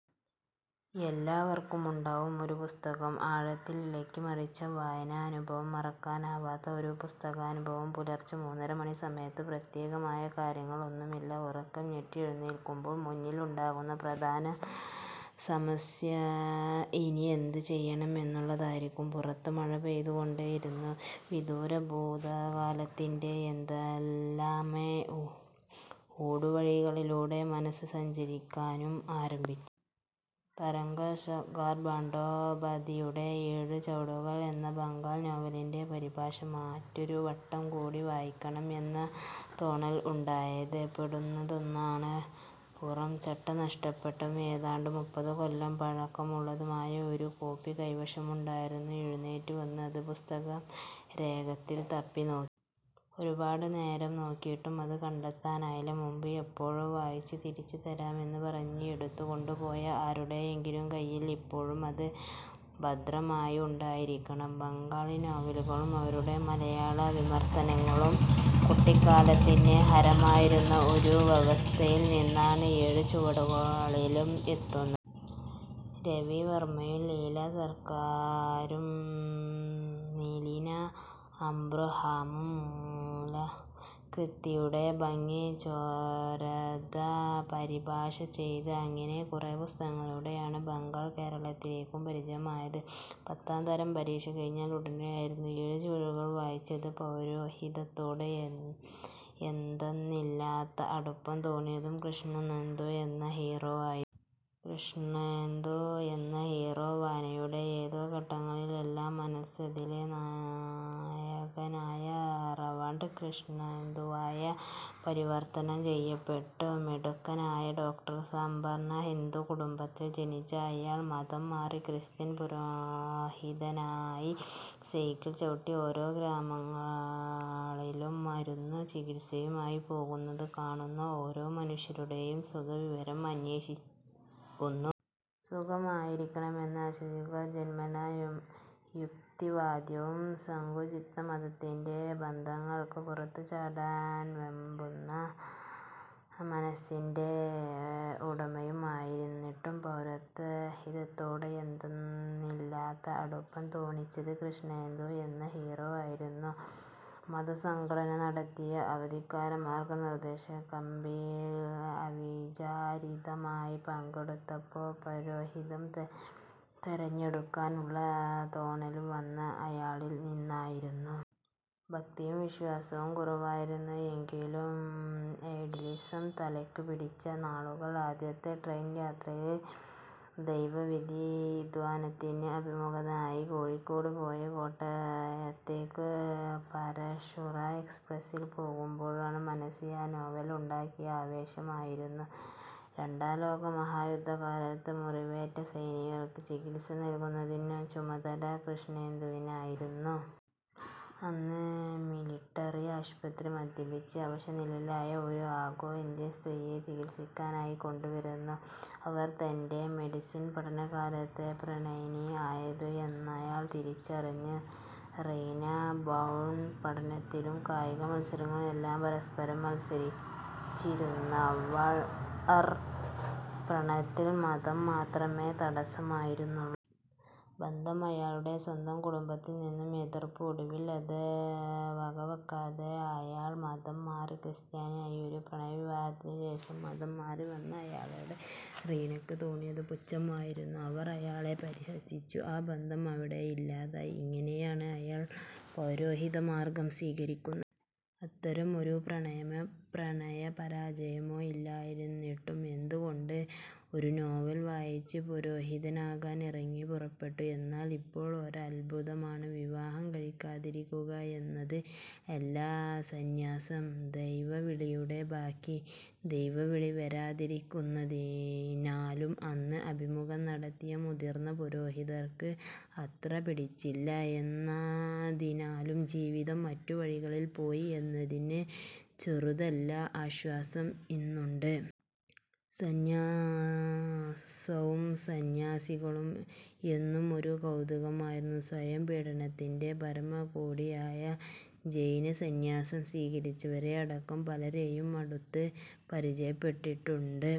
ഏവർക്കുമുണ്ടാവും ഒരു പുസ്തകം. ആഴത്തില്‍ ഇളക്കി മറിച്ച വായനാനുഭവം. മറക്കാനാവാത്ത ഒരു പുസ്തകാനുഭവം. പുലര്‍ച്ചെ മൂന്നര മണി സമയത്ത് പ്രത്യേകമായ കാരണങ്ങള്‍ ഒന്നും ഇല്ലാതെ ഉറക്കം ഞെട്ടി എഴുന്നേറ്റപ്പോള്‍ മുന്നില്‍ ഉണ്ടായിരുന്ന പ്രധാന സമസ്യ ഇനിയെന്ത് ചെയ്യണം എന്നുള്ളതായിരുന്നു. പുറത്ത് മഴ പെയ്തുകൊണ്ടേ ഇരുന്നു. വിദൂര ഭൂതകാലത്തിന്‍റെ ഏതെല്ലാമോ ഊടുവഴികളിലൂടെ മനസ്സ് സഞ്ചരിക്കാനും ആരംഭി താരാശങ്കർ ബന്ധോപാധ്യായുടെ ' ഏഴു ചുവടുകള്‍ ' എന്ന ബംഗാളി നോവലിന്‍റെ പരിഭാഷ മറ്റൊരു വട്ടം കൂടി വായിക്കണം എന്ന തോന്നല്‍ ഉണ്ടായത് പൊടുന്നനെയാണ്. പുറം ചട്ട നഷ്ടപ്പെട്ടതും ഏതാണ്ട് മുപ്പത് കൊല്ലം പഴക്കം ഉള്ളതുമായ ഒരു കോപ്പി കൈവശം ഉണ്ടായിരുന്നു. എഴുന്നേറ്റ് വന്ന് അത് പുസ്തക ശേഖരത്തില് തപ്പി നോ ഒരുപാട് നേരം നോക്കിയിട്ടും അത് കണ്ടെത്താനായില്ല. മുമ്പ് എപ്പോഴോ വായിച്ചു തിരിച്ചു തരാം എന്ന് പറഞ്ഞു എടുത്തുകൊണ്ടു പോയ ആരുടെയെങ്കിലും കയ്യില്‍ ഇപ്പോഴും അത് ഭദ്രമായി ഉണ്ടായിരിക്കണം. ബംഗാളി നോവലുകളും അവയുടെ മലയാള വിവര്‍ത്തനങ്ങളും കുട്ടിക്കാലത്തിന്‍റെ ഹരമായിരുന്ന ഒരവസ്ഥയിൽ നിന്നാണ് ' ഏഴു ചുവടുകളില്‍' എത്തുന്നത്. രവിവര്‍മ്മയും ലീലാ സര്‍ക്കാരും നിലീന അബ്രഹാമും മൂല കൃതിയുടെ ഭംഗി ചോരാതെ പരിഭാഷ ചെയ്ത അങ്ങിനെ കുറെ പുസ്തകങ്ങളിലൂടെയാണ് ബംഗാള്‍ കേരളത്തെക്കാളും പരിചിതമായത്. പത്താം തരം പരീക്ഷ കഴിഞ്ഞ ഉടനെയായിരുന്നു ഏഴു ചുവടുകള്‍ വായിച്ചത്. പൗരോഹിത്യത്തോട് എന്തെന്നില്ലാത്ത അടുപ്പം തോന്നിപ്പിച്ചത് കൃഷ്ണേന്ദു എന്ന ഹീറോ ആയിരുന്നു. കൃഷ്ണേന്ദു എന്ന ഹീറോ വായനയുടെ ഏതോ ഘട്ടങ്ങളില്‍ എല്ലാം മനസ്സ് അതിലെ നായകനായ റവറണ്ട് കൃഷ്ണേന്ദുവായി പരിവര്‍ത്തനം ചെയ്യപ്പെട്ടു. മിടുക്കനായ ഡോക്ടര്‍. സവർണ ഹിന്ദു കുടുംബത്തില്‍ ജനിച്ച അയാള്‍ മതം മാറി ക്രിസ്ത്യന് പുരോഹിതനായി സൈക്കിള്‍ ചവിട്ടി ഓരോ ഗ്രാമങ്ങളിലും മരുന്നും ചികിത്സയുമായി പോകുന്നു. കാണുന്ന ഓരോ മനുഷ്യരോടും സുഖവിവരം അന്വേഷിക്കുന്നു. സുഖമായിരിക്കണം എന്ന് ആശംസിക്കുന്നു. ജന്മനാ യുക്തിവാദിയും സങ്കുചിത മതത്തിന്‍റെ ബന്ധനങ്ങള്‍ക്ക് പുറത്ത് ചാടാന്‍ വെമ്പുന്ന മനസ്സിന്‍റെ ഉടമയും ആയിരുന്നിട്ടും പൗരോഹിത്യത്തോട് എന്തെന്നില്ലാത്ത അടുപ്പം തോന്നിപ്പിച്ചത് കൃഷ്ണേന്ദു എന്ന ഹീറോ ആയിരുന്നു. മതസംഘടന നടത്തിയ അവധിക്കാല മാര്‍ഗ നിര്‍ദേശ ക്യാമ്പില്‍ അവിചാരിതമായി പങ്കെടുത്തപ്പോള്‍ പൗരോഹിത്യം തെരഞ്ഞെടുക്കാന്‍ ഉള്ള തോന്നലും വന്നത് അയാളില്‍ നിന്നായിരുന്നു. ഭക്തിയും വിശ്വാസവും കുറവായിരുന്നു എങ്കിലും ഐഡിയലിസം തലയ്ക്കു പിടിച്ചിരുന്ന നാളുകള്‍. ആദ്യത്തെ ട്രെയിൻ യാത്രയില്‍ ദൈവവിളി ധ്യാനത്തിനും അഭിമുഖത്തിനുമായി കോഴിക്കോട് പോയി കോട്ടയത്തേക്ക് പരശുറാം എക്സ്പ്രസ്സില്‍ പോകുമ്പോഴും മനസ്സില്‍ ആ നോവല്‍ ഉണ്ടാക്കിയ ആവേശം ആയിരുന്നു. രണ്ടാം ലോക മഹായുദ്ധ കാലത്ത് മുറിവേറ്റ സൈനികർക്ക് ചികിത്സ നല്കുന്നത്തിനുള്ള ചുമതല കൃഷ്ണേന്ദുവിനായിരുന്നു. അന്ന് മിലിട്ടറി ആശുപത്രിയില്‍ മദ്യപിച്ച് അവശ നിലയിലായ ഒരു ആഗ്ലോ ഇന്ത്യൻ സ്ത്രീയെ ചികിത്സയ്ക്കായി കൊണ്ട് വരുന്നു. അവര്‍ തന്‍റെ മെഡിസിൻ പഠന കാലത്തെ പ്രണയിനി ആയിരുന്നു എന്നയാള്‍ തിരിച്ചറിയുന്നു: റീനാ ബ്രൌണ്. പഠനത്തിലും കായിക മത്സരങ്ങളിലും എല്ലാം പരസ്പരം മത്സരിച്ചിരുന്നവർ. പ്രണയത്തില്‍ മതം മാത്രമേ തടസം ആയിരുന്നുള്ളു. അതും അയാളുടെ സ്വന്തം കുടുംബത്തില്‍ നിന്നുള്ള എതിര്‍പ്പ്. ഒടുവില്‍ അത് വകവയ്ക്കാതെ അയാള്‍ മതം മാറി ക്രിസ്ത്യാനിയായി. ഒരു പ്രണയ വിവാഹത്തിന് വേണ്ടി മതം മാറി വന്ന അയാളോട് റീനയ്ക്ക് തോന്നിയത് പുച്ഛമായിരുന്നു. അവര്‍ അയാളെ പരിഹസിച്ചു. ആ ബന്ധം അവിടെ ഇല്ലാതായി. അങ്ങനെ ആണ് അയാള്‍ പൗരോഹിത്യ മാര്‍ഗം സ്വീകരിക്കുന്നത്. അത്തരമൊരു പ്രണയമോ പ്രണയ പരാജയമോ ഇല്ലാതിരുന്നിട്ടും എന്ത് കൊണ്ട് ഒരു നോവല്‍ വായിച്ച് പുരോഹിതൻ ആകാന്‍ ഇറങ്ങി പുറപ്പെട്ടു എന്നത് ഇപ്പോഴും ഒരത്ഭുതമാണ്. വിവാഹം കഴിക്കാതിരിക്കുക എന്നത് അല്ല സന്യാസം. ദൈവവിളിയുടെ ബാക്കി ദൈവവിളി വരാതിരുന്നതിനാലും അന്ന് അഭിമുഖം നടത്തിയ മുതിര്‍ന്ന പുരോഹിതര്‍ക്ക് അത്ര പിടിച്ചില്ല എന്നതിനാലും ജീവിതം മറ്റു വഴികളില്‍ പോയി എന്നതില്‍ ചെറുതല്ലാത്ത ആശ്വാസം ഇന്നുണ്ട്. സന്യാസവും സന്യാസികളും എന്നും ഒരു കൗതുകമായിരുന്നു. സ്വയം പീഡനത്തിന്‍റെ പരമ കോടിയായ ജൈന സന്യാസം സ്വീകരിച്ചവരെ അടക്കം പലരെയും അടുത്ത് പരിചയപ്പെട്ടിട്ടുണ്ട്.